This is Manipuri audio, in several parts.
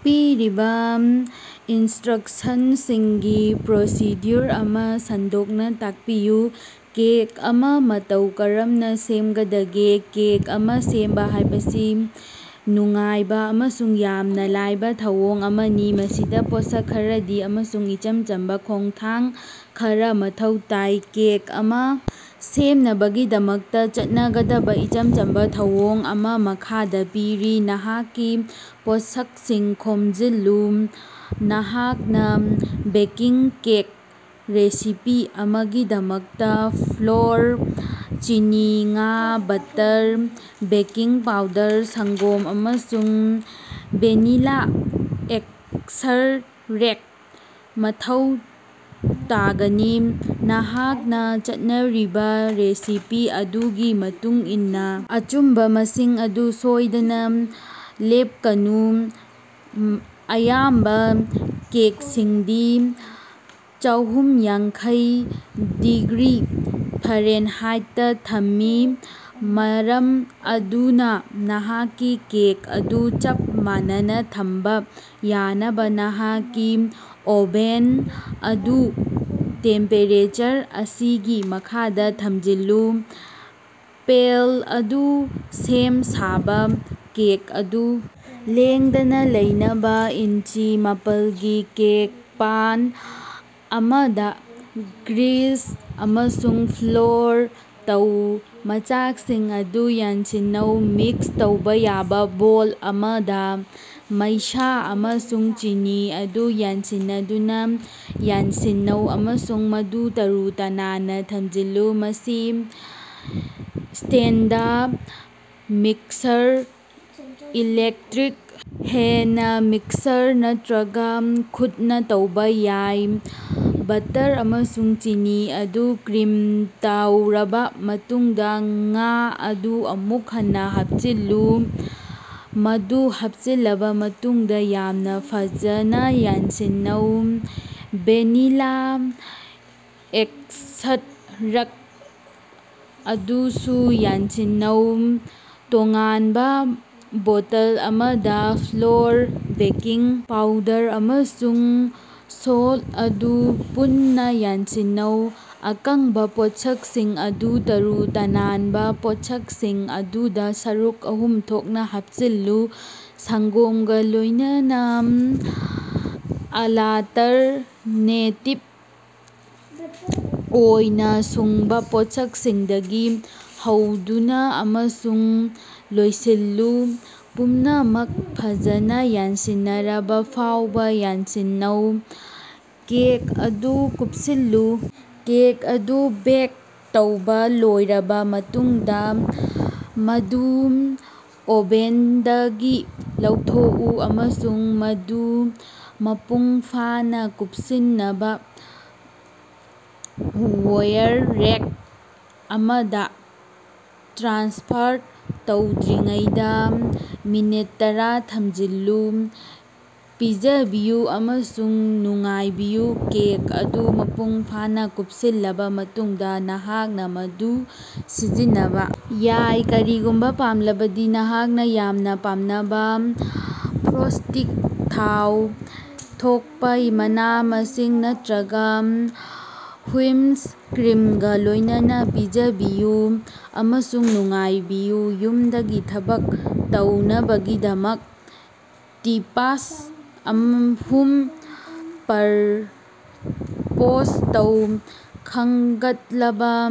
ꯄꯤꯔꯤꯕ ꯏꯅꯁ꯭ꯠꯔꯛꯁꯟꯁꯤꯡꯒꯤ ꯄ꯭ꯔꯣꯁꯤꯗ꯭ꯌꯨꯑꯣꯔ ꯑꯃꯥ ꯁꯟꯗꯣꯛꯅꯥ ꯇꯥꯛꯄꯤꯌꯨ꯫ ꯀꯦꯛ ꯑꯃꯥ ꯃꯇꯧ ꯀꯔꯝꯅ ꯁꯦꯝꯒꯗꯒꯦ꯫ ꯀꯦꯛ ꯑꯃꯥ ꯁꯦꯝꯕ ꯍꯥꯏꯕꯁꯤ ꯅꯨꯡꯉꯥꯏꯕ ꯑꯃꯁꯨꯡ ꯌꯥꯝꯅ ꯂꯥꯏꯕ ꯊꯧꯑꯣꯡ ꯑꯃꯅꯤ, ꯃꯁꯤꯗ ꯄꯣꯠꯁꯛ ꯈꯔꯗꯤ ꯑꯃꯁꯨꯡ ꯏꯆꯝ ꯆꯝꯕ ꯈꯣꯡꯊꯥꯡ ꯈꯔꯥ ꯃꯊꯧ ꯇꯥꯏ꯫ ꯀꯦꯛ ꯑꯃꯥ ꯁꯦꯝꯅꯕꯒꯤꯗꯃꯛꯇꯥ ꯆꯠꯅꯒꯗꯕ ꯏꯆꯝ ꯆꯝꯕ ꯊꯧꯑꯣꯡ ꯑꯃꯥ ꯃꯈꯥꯗꯥ ꯄꯤꯔꯤ ꯅꯍꯥꯛꯀꯤ ꯄꯣꯠꯁꯛꯁꯤꯡ ꯈꯣꯝꯖꯤꯜꯂꯨ ꯅꯍꯥꯛꯅꯥ ꯕꯦꯁꯤꯛ ꯀꯦꯛ ꯔꯦꯁꯤꯄꯤ ꯑꯃꯒꯤꯗꯃꯛꯇꯥ ꯐ꯭ꯂꯣꯔ, ꯆꯤꯅꯤ, ꯉꯥ, ꯕꯠꯇꯔ, ꯕꯦꯀꯤꯡ ꯄꯥꯎꯗꯔ, ꯁꯪ꯭ꯒꯣꯝ, ꯑꯃꯁꯨꯡ ꯚꯦꯅꯤꯂꯥ ꯑꯦꯛꯁꯠꯔꯦꯛꯇ ꯃꯊꯧ ꯇꯥꯒꯅꯤ꯫ ꯅꯍꯥꯛꯅ ꯆꯠꯅꯔꯤꯕ ꯔꯦꯁꯤꯄꯤ ꯑꯗꯨꯒꯤ ꯃꯇꯨꯡꯏꯟꯅꯥ ꯑꯆꯨꯝꯕ ꯃꯁꯤꯡ ꯑꯗꯨ ꯁꯣꯏꯗꯅꯥ ꯂꯦꯞꯀꯅꯨ꯫ ꯑꯌꯥꯝꯕ ꯀꯦꯛꯁꯤꯡꯗꯤ ꯆꯥꯍꯨꯝꯌꯥꯡꯈꯩ ꯗꯤꯒ꯭ꯔꯤ ꯐꯥꯔꯦꯅꯍꯥꯏꯠꯇꯥ ꯊꯝꯏ, ꯃꯔꯝ ꯑꯗꯨꯅꯥ ꯅꯍꯥꯛꯀꯤ ꯀꯦꯛ ꯑꯗꯨ ꯆꯞ ꯃꯥꯟꯅꯅꯥ ꯊꯝꯕ ꯌꯥꯅꯕ ꯅꯍꯥꯛꯀꯤ ꯑꯣꯕꯦꯟ ꯑꯗꯨ ꯇꯦꯝꯄꯦꯔꯦꯆꯔ ꯑꯁꯤꯒꯤ ꯃꯈꯥꯗ ꯊꯝꯖꯤꯜꯂꯨ꯫ ꯄꯦꯜ ꯑꯗꯨ ꯁꯦꯝ ꯁꯥꯕꯥ ꯀꯦꯛ ꯑꯗꯨ ꯂꯦꯡꯗꯅꯥ ꯂꯩꯅꯕꯥ ꯏꯟꯆꯤ ꯃꯄꯥꯜꯒꯤ ꯀꯦꯛ ꯄꯦꯟ ꯑꯃꯗꯥ ꯒ꯭ꯔꯤꯁ ꯑꯃꯁꯨꯡ ꯐ꯭ꯂꯣꯔ ꯇꯧ꯫ ꯃꯆꯥꯛꯁꯤꯡ ꯑꯗꯨ ꯌꯥꯟꯁꯤꯟꯅꯧ ꯃꯤꯛꯁ ꯇꯧꯕ ꯌꯥꯕ ꯕꯣꯜ ꯑꯃꯗꯥ, ꯃꯩꯁꯥ ꯑꯃꯁꯨꯡ ꯆꯤꯅꯤ ꯑꯗꯨ ꯌꯥꯟꯁꯤꯟꯅꯗꯨꯅꯥ ꯌꯥꯟꯁꯤꯟꯅꯧ ꯑꯃꯁꯨꯡ ꯃꯗꯨ ꯇꯔꯨ-ꯇꯅꯥꯟꯅꯥ ꯊꯝꯖꯤꯜꯂꯨ꯫ ꯃꯁꯤ stand mixer, electric hand mixer ꯅꯠꯇ꯭ꯔꯒꯥ ꯈꯨꯠꯅꯥ ꯇꯧꯕ ꯌꯥꯏ꯫ ꯕꯠꯇꯔ ꯑꯃꯁꯨꯡ ꯆꯤꯅꯤ ꯑꯗꯨ ꯀ꯭ꯔꯤꯝ ꯇꯧꯔꯕ ꯃꯇꯨꯡꯗꯥ, ꯉꯥ ꯑꯗꯨ ꯑꯃꯨꯛ ꯍꯟꯅꯥ ꯍꯥꯞꯆꯤꯜꯂꯨ, ꯃꯗꯨ ꯍꯥꯞꯆꯤꯜꯂꯕꯥ ꯃꯇꯨꯡꯗꯥ ꯌꯥꯝꯅ ꯐꯖꯅ ꯌꯥꯟꯁꯤꯟꯅꯧ꯫ ꯚꯦꯅꯤꯂꯥ ꯑꯦꯛꯁꯠꯔꯦꯛꯇ ꯑꯗꯨꯁꯨ ꯌꯥꯟꯁꯤꯟꯅꯧ꯫ ꯇꯣꯉꯥꯟꯕ ꯕꯣꯇꯜ ꯑꯃꯗꯥ, ꯐ꯭ꯂꯣꯔ, ꯕꯦꯀꯤꯡ ꯄꯥꯎꯗꯔ ꯑꯃꯁꯨꯡ ꯁꯣꯜꯇ ꯑꯗꯨ ꯄꯨꯟꯅꯥ ꯌꯥꯟꯁꯤꯟꯅꯧ꯫ ꯑꯀꯪꯕꯥ ꯄꯣꯠꯁꯛꯁꯤꯡ ꯑꯗꯨ ꯇꯔꯨ-ꯇꯥꯅꯕꯥ ꯄꯣꯠꯁꯛꯁꯤꯡ ꯑꯗꯨꯗꯥ ꯁꯔꯨꯛ ꯑꯍꯨꯝ ꯊꯣꯛꯅꯥ ꯍꯥꯞꯆꯤꯜꯂꯨ, ꯁꯪ꯭ꯒꯣꯝꯒ ꯂꯣꯏꯅꯅꯥ ꯑꯂꯇꯔꯅꯦꯇꯤꯚ ꯑꯣꯏꯅ ꯁꯨꯡꯕꯥ ꯄꯣꯠꯁꯛꯁꯤꯡꯗꯒꯤ ꯍꯧꯗꯨꯅꯥ ꯑꯃꯁꯨꯡ ꯂꯣꯏꯁꯤꯜꯂꯨ꯫ ꯄꯨꯝꯅꯃꯛ ꯐꯖꯅꯥ ꯌꯥꯟꯁꯤꯟꯅꯔꯕ ꯐꯥꯎꯕ ꯌꯥꯟꯁꯤꯟꯅꯧ꯫ ꯀꯦꯛ ꯑꯗꯨ ꯀꯨꯞꯁꯤꯜꯂꯨ ꯀꯦꯛ ꯑꯗꯨ ꯕꯦꯛ ꯇꯧꯕ ꯂꯣꯏꯔꯕ ꯃꯇꯨꯡꯗꯥ, ꯃꯗꯨ ꯑꯣꯕꯦꯟꯗꯒꯤ ꯂꯧꯊꯣꯛꯎ, ꯑꯃꯁꯨꯡ ꯃꯗꯨ ꯃꯄꯨꯡꯐꯥꯅꯥ ꯀꯨꯞꯁꯤꯟꯅꯕ ꯋꯥꯏꯔ ꯔꯦꯛ ꯑꯃꯗꯥ ꯇ꯭ꯔꯥꯟꯁꯐꯔ ꯇꯧꯗ꯭ꯔꯤꯉꯩꯗꯥ ꯃꯤꯅꯠ ꯇꯔꯥ ꯊꯝꯖꯤꯜꯂꯨ꯫ ꯄꯤꯖꯕꯤꯌꯨ ꯑꯃꯁꯨꯡ ꯅꯨꯡꯉꯥꯏꯕꯤꯌꯨ ꯀꯦꯛ ꯑꯗꯨ ꯃꯄꯨꯡ ꯐꯥꯅꯥ ꯀꯨꯞꯁꯤꯜꯂꯕꯥ ꯃꯇꯨꯡꯗꯥ, ꯅꯍꯥꯛꯅꯥ ꯃꯗꯨ ꯁꯝꯖꯤꯟꯅꯕ ꯌꯥꯏ, ꯀꯔꯤꯒꯨꯝꯕ ꯄꯥꯝꯂꯕꯗꯤ꯫ ꯅꯍꯥꯛꯅ ꯌꯥꯝꯅ ꯄꯥꯝꯅꯕ ꯐ꯭ꯔꯣꯁ꯭ꯇꯤꯡ, ꯊꯥꯎ ꯊꯣꯛꯄꯥ ꯃꯅꯥ-ꯃꯁꯤꯡ ꯅꯠꯇ꯭ꯔꯒꯥ ꯍꯨꯏꯞ ꯀ꯭ꯔꯤꯝꯒꯥ ꯂꯣꯏꯅꯅꯥ ꯄꯤꯖꯕꯤꯌꯨ ꯑꯃꯁꯨꯡ ꯅꯨꯡꯉꯥꯏꯕꯤꯌꯨ꯫ ꯌꯨꯝꯗꯒꯤ ꯊꯕꯛ ꯇꯧꯅꯕꯒꯤꯗꯃꯛ ꯇꯤꯄꯁ ꯑꯍꯨꯝ ꯄ꯭ꯔꯄꯣꯖ ꯇꯧ꯫ ꯈꯪꯒꯠꯂꯕ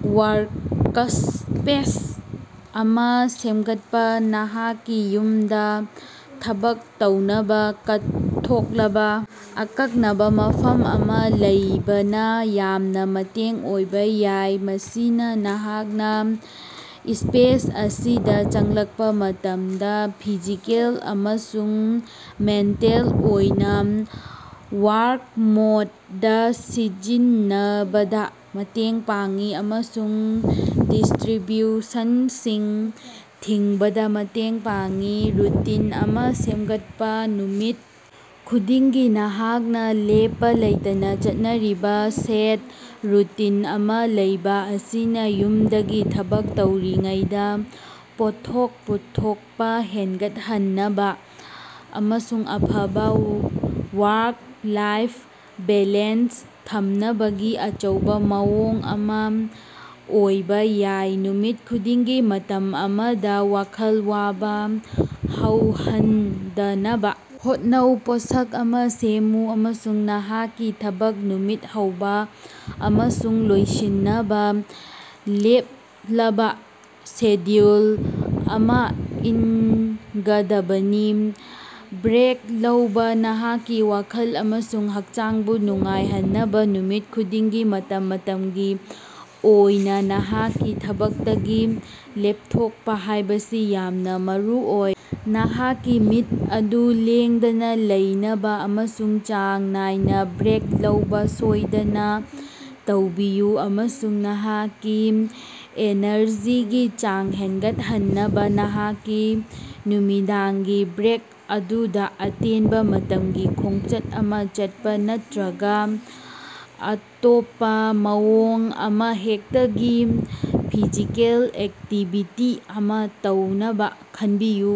ꯋꯥꯔꯀꯁ꯭ꯄꯦꯁ ꯑꯃꯥ ꯁꯦꯝꯒꯠꯄꯥ ꯅꯍꯥꯛꯀꯤ ꯌꯨꯝꯗꯥ ꯊꯕꯛ ꯇꯧꯅꯕꯥ ꯀꯠꯊꯣꯛꯂꯕꯥ ꯑꯀꯛꯅꯕꯥ ꯃꯐꯝ ꯑꯃꯥ ꯂꯩꯕꯅ ꯌꯥꯝꯅ ꯃꯇꯦꯡ ꯑꯣꯏꯕ ꯌꯥꯏ꯫ ꯃꯁꯤꯅ ꯅꯍꯥꯛꯅ ꯁ꯭ꯄꯦꯁ ꯑꯁꯤꯗ ꯆꯪꯂꯛꯄꯥ ꯃꯇꯝꯗꯥ ꯐꯤꯖꯤꯀꯦꯜ ꯑꯃꯁꯨꯡ ꯃꯦꯟꯇꯦꯜ ꯑꯣꯏꯅ "ꯋꯥꯔꯛ ꯃꯣꯗ" ꯗꯥ ꯁꯤꯖꯤꯟꯅꯕꯗꯥ ꯃꯇꯦꯡ ꯄꯥꯡꯏ, ꯑꯃꯁꯨꯡ ꯗꯤꯁ꯭ꯠꯔꯤꯕ꯭ꯌꯨꯁꯟꯁꯤꯡ ꯊꯤꯡꯕꯗꯥ ꯃꯇꯦꯡ ꯄꯥꯡꯏ꯫ ꯔꯨꯇꯤꯟ ꯑꯃꯥ ꯁꯦꯝꯒꯠꯄꯥ ꯅꯨꯃꯤꯠ ꯈꯨꯗꯤꯡꯒꯤ ꯅꯍꯥꯛꯅꯥ ꯂꯦꯞꯄꯥ ꯂꯩꯇꯅꯥ ꯆꯠꯅꯔꯤꯕꯥ ꯁꯦꯠ ꯔꯨꯇꯤꯟ ꯑꯃꯥ ꯂꯩꯕ ꯑꯁꯤꯅ ꯌꯨꯝꯗꯒꯤ ꯊꯕꯛ ꯇꯧꯔꯤꯉꯩꯗꯥ ꯄꯣꯠꯊꯣꯛ ꯄꯨꯊꯣꯛꯄꯥ ꯍꯦꯟꯒꯠꯍꯟꯅꯕ ꯑꯃꯁꯨꯡ ꯑꯐꯕꯥ ꯋꯥꯔꯛ-ꯂꯥꯏꯐ ꯕꯦꯂꯦꯟꯁ ꯊꯝꯅꯕꯒꯤ ꯑꯆꯧꯕꯥ ꯃꯑꯣꯡ ꯑꯃꯥ ꯑꯣꯏꯕ ꯌꯥꯏ꯫ ꯅꯨꯃꯤꯠ ꯈꯨꯗꯤꯡꯒꯤ ꯃꯇꯝ ꯑꯃꯗꯥ ꯋꯥꯈꯜ ꯋꯥꯕ ꯍꯧꯍꯟꯗꯅꯕ ꯍꯣꯠꯅꯧ, ꯄꯣꯠꯁꯛ ꯑꯃꯥ ꯁꯦꯝꯃꯨ ꯑꯃꯁꯨꯡ ꯅꯍꯥꯛꯀꯤ ꯊꯕꯛ ꯅꯨꯃꯤꯠ ꯍꯧꯕ ꯑꯃꯁꯨꯡ ꯂꯣꯏꯁꯤꯟꯅꯕꯥ ꯂꯦꯞꯂꯕ ꯁꯦꯗ꯭ꯌꯨꯜ ꯑꯃꯥ ꯏꯟꯒꯗꯕꯅꯤ꯫ ꯕ꯭ꯔꯦꯛ ꯂꯧꯕꯥ ꯅꯍꯥꯛꯀꯤ ꯋꯥꯈꯜ ꯑꯃꯁꯨꯡ ꯍꯛꯆꯥꯡꯕꯨ ꯅꯨꯡꯉꯥꯏꯍꯟꯅꯕ ꯅꯨꯃꯤꯠ ꯈꯨꯗꯤꯡꯒꯤ ꯃꯇꯝ ꯃꯇꯝꯒꯤ ꯑꯣꯏꯅ ꯅꯍꯥꯛꯀꯤ ꯊꯕꯛꯇꯒꯤ ꯂꯦꯞꯊꯣꯛꯄꯥ ꯍꯥꯏꯕꯁꯤ ꯌꯥꯝꯅ ꯃꯔꯨꯑꯣꯏ꯫ ꯅꯍꯥꯛꯀꯤ ꯃꯤꯠ ꯑꯗꯨ ꯂꯦꯡꯗꯅꯥ ꯂꯩꯅꯕꯥ ꯑꯃꯁꯨꯡ ꯆꯥꯡ ꯅꯥꯏꯅꯥ ꯕ꯭ꯔꯦꯛ ꯂꯧꯕꯥ ꯁꯣꯏꯗꯅ ꯇꯧꯕꯤꯌꯨ, ꯑꯃꯁꯨꯡ ꯅꯍꯥꯛꯀꯤ ꯑꯦꯅꯔꯖꯤꯒꯤ ꯆꯥꯡ ꯍꯦꯟꯒꯠꯍꯟꯅꯕꯥ ꯅꯍꯥꯛꯀꯤ ꯅꯨꯃꯤꯗꯥꯡꯒꯤ ꯕ꯭ꯔꯦꯛ ꯑꯗꯨꯗꯥ ꯑꯇꯦꯟꯕ ꯃꯇꯝꯒꯤ ꯈꯣꯡꯆꯠ ꯑꯃꯥ ꯆꯠꯄꯥ ꯅꯠꯇꯔꯒꯥ ꯑꯇꯣꯞꯄꯥ ꯃꯑꯣꯡ ꯑꯃꯍꯦꯛꯇꯒꯤ ꯐꯤꯖꯤꯀꯦꯜ ꯑꯦꯛꯇꯤꯚꯤꯇꯤ ꯑꯃꯥ ꯇꯧꯅꯕꯥ ꯈꯟꯕꯤꯌꯨ꯫